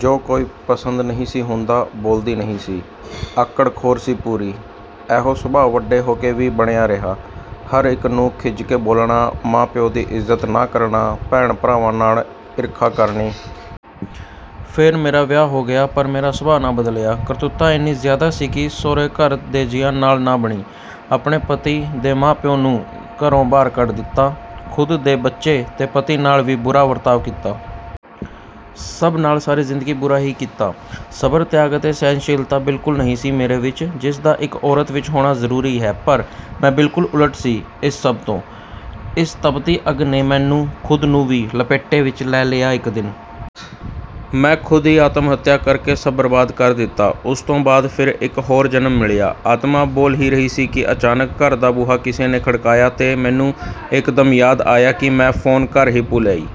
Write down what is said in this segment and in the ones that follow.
ਜੋ ਕੋਈ ਪਸੰਦ ਨਹੀਂ ਸੀ ਹੁੰਦਾ, ਬੋਲਦੀ ਨਹੀਂ ਸੀ। ਆਕੜਖੋਰ ਸੀ ਪੂਰੀ। ਐਹੋ ਸੁਭਾਅ ਵੱਡੇ ਹੋ ਕੇ ਵੀ ਬਣਿਆ ਰਿਹਾ। ਹਰ ਇੱਕ ਨੂੰ ਖਿਝ ਕੇ ਬੋਲਣਾ, ਮਾਂ-ਪਿਉ ਦੀ ਇੱਜ਼ਤ ਨਾ ਕਰਨਾ, ਭੈਣ-ਭਰਾਵਾਂ ਨਾਲ ਈਰਖਾ ਕਰਨੀ। ਫਿਰ ਮੇਰਾ ਵਿਆਹ ਹੋ ਗਿਆ ਪਰ ਮੇਰਾ ਸੁਭਾਅ ਨਾ ਬਦਲਿਆ। ਕਰੂਰਤਾ ਇੰਨੀ ਜ਼ਿਆਦਾ ਸੀ ਕਿ ਸੋਹਰੇ ਘਰ ਦੇ ਜੀਆਂ ਨਾਲ ਨਾ ਬਣੀ। ਆਪਣੇ ਪਤੀ ਦੇ ਮਾਂ-ਪਿਉ ਨੂੰ ਘਰੋਂ ਬਾਹਰ ਕੱਢ ਦਿੱਤਾ। ਖੁਦ ਦੇ ਬੱਚੇ ਤੇ ਪਤੀ ਨਾਲ ਵੀ ਬੁਰਾ ਵਰਤਾਅ ਕੀਤਾ। ਸਭ ਨਾਲ ਸਾਰੀ ਜ਼ਿੰਦਗੀ ਬੁਰਾ ਹੀ ਕੀਤਾ। ਸਬਰ, ਤਿਆਗ ਅਤੇ ਸਹਿਣਸ਼ੀਲਤਾ ਬਿਲਕੁਲ ਨਹੀਂ ਸੀ ਮੇਰੇ ਵਿੱਚ, ਜਿਸ ਦਾ ਇੱਕ ਔਰਤ ਵਿੱਚ ਹੋਣਾ ਜ਼ਰੂਰੀ ਹੈ। ਪਰ ਮੈਂ ਬਿਲਕੁਲ ਉਲਟ ਸੀ ਇਸ ਸਭ ਤੋਂ। ਇਸ ਤੱਪਦੀ ਅੱਗ ਨੇ ਮੈਨੂੰ ਖੁਦ ਨੂੰ ਵੀ ਲਪੇਟੇ ਵਿੱਚ ਲੈ ਲਿਆ ਇੱਕ ਦਿਨ। ਮੈਂ ਖੁਦ ਹੀ ਆਤਮ-ਹੱਤਿਆ ਕਰ ਕੇ ਸਭ ਬਰਬਾਦ ਕਰ ਦਿੱਤਾ। ਉਸ ਤੋਂ ਬਾਅਦ ਫਿਰ ਇੱਕ ਹੋਰ ਜਨਮ ਮਿਲਿਆ। ਆਤਮਾ ਬੋਲ ਹੀ ਰਹੀ ਸੀ ਕਿ ਅਚਾਨਕ ਘਰ ਦਾ ਬੂਹਾ ਕਿਸੇ ਨੇ ਖੜਕਾਇਆ ਤੇ ਮੈਨੂੰ ਇਕਦਮ ਯਾਦ ਆਇਆ ਕਿ ਮੈਂ ਫੋਨ ਘਰ ਹੀ ਭੁੱਲ ਆਈ।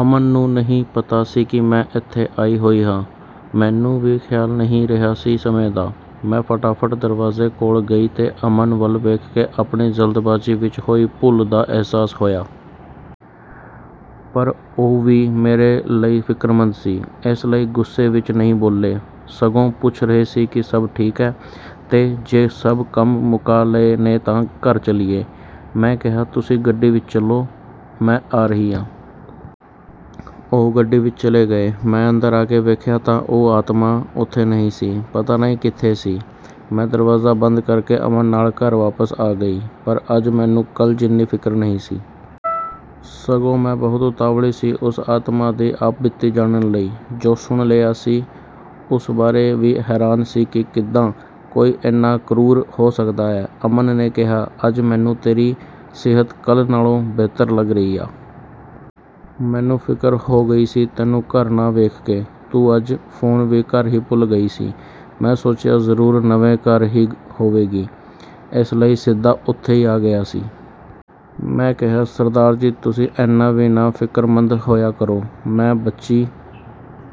ਅਮਨ ਨੂੰ ਨਹੀਂ ਪਤਾ ਸੀ ਕਿ ਮੈਂ ਇੱਥੇ ਆਈ ਹੋਈ ਆ। ਮੈਨੂੰ ਵੀ ਖਿਆਲ ਨਹੀਂ ਰਿਹਾ ਸੀ ਸਮੇਂ ਦਾ। ਮੈਂ ਫਟਾਫਟ ਦਰਵਾਜ਼ੇ ਕੋਲ ਗਈ ਤੇ ਅਮਨ ਵੱਲ ਵੇਖ ਕੇ ਆਪਣੀ ਜਲਦਬਾਜ਼ੀ ਵਿੱਚ ਹੋਈ ਭੁੱਲ ਦਾ ਅਹਿਸਾਸ ਹੋਇਆ। ਪਰ ਉਹ ਵੀ ਮੇਰੇ ਲਈ ਫਿਕਰਮੰਦ ਸੀ। ਇਸ ਲਈ ਗੁੱਸੇ ਵਿੱਚ ਨਹੀਂ ਬੋਲੇ, ਸਗੋਂ ਪੁੱਛ ਰਹੇ ਸੀ ਕਿ ਸਭ ਠੀਕ ਹੈ, ਤੇ ਜੇ ਸਭ ਕੰਮ ਮੁਕਾ ਲਏ ਨੇ ਤਾਂ ਘਰ ਚੱਲੀਏ। ਮੈਂ ਕਿਹਾ, "ਤੁਸੀਂ ਗੱਡੀ ਵਿੱਚ ਚਲੋ, ਮੈਂ ਆ ਰਹੀ ਆ।" ਉਹ ਗੱਡੀ ਵਿੱਚ ਚਲੇ ਗਏ। ਮੈਂ ਅੰਦਰ ਆ ਕੇ ਵੇਖਿਆ ਤਾਂ ਉਹ ਆਤਮਾ ਉੱਥੇ ਨਹੀਂ ਸੀ। ਪਤਾ ਨਹੀਂ ਕਿੱਥੇ ਸੀ। ਮੈਂ ਦਰਵਾਜ਼ਾ ਬੰਦ ਕਰ ਕੇ ਅਮਨ ਨਾਲ ਘਰ ਵਾਪਸ ਆ ਗਈ। ਪਰ ਅੱਜ ਮੈਨੂੰ ਕੱਲ੍ਹ ਜਿੰਨੀ ਫ਼ਿਕਰ ਨਹੀਂ ਸੀ। ਸਗੋਂ ਮੈਂ ਬਹੁਤ ਉਤਾਵਲੀ ਸੀ ਉਸ ਆਤਮਾ ਦੀ ਆਪਬੀਤੀ ਜਾਣਨ ਲਈ। ਜੋ ਸੁਣ ਲਿਆ ਸੀ, ਉਸ ਬਾਰੇ ਵੀ ਹੈਰਾਨ ਸੀ ਕਿ ਕਿੱਦਾਂ ਕੋਈ ਇੰਨਾ ਕ੍ਰੂਰ ਹੋ ਸਕਦਾ ਆ। ਅਮਨ ਨੇ ਕਿਹਾ, "ਅੱਜ ਮੈਨੂੰ ਤੇਰੀ ਸਿਹਤ ਕੱਲ੍ਹ ਨਾਲੋਂ ਬਿਹਤਰ ਲੱਗ ਰਹੀ ਆ। ਮੈਨੂੰ ਫ਼ਿਕਰ ਹੋ ਗਈ ਸੀ ਤੈਨੂੰ ਘਰ ਨਾ ਵੇਖ ਕੇ। ਤੂੰ ਅੱਜ ਫੋਨ ਵੀ ਘਰ ਹੀ ਭੁੱਲ ਗਈ ਸੀ। ਮੈਂ ਸੋਚਿਆ ਜ਼ਰੂਰ ਨਵੇਂ ਘਰ ਹੀ ਹੋਵੇਗੀ, ਇਸ ਲਈ ਸਿੱਧਾ ਉੱਥੇ ਹੀ ਆ ਗਿਆ ਸੀ।" ਮੈਂ ਕਿਹਾ, "ਸਰਦਾਰ ਜੀ, ਤੁਸੀਂ ਏਨਾਂ ਵੀ ਨਾ ਫਿਕਰਮੰਦ ਹੋਇਆ ਕਰੋ। ਮੈਂ ਬੱਚੀ..."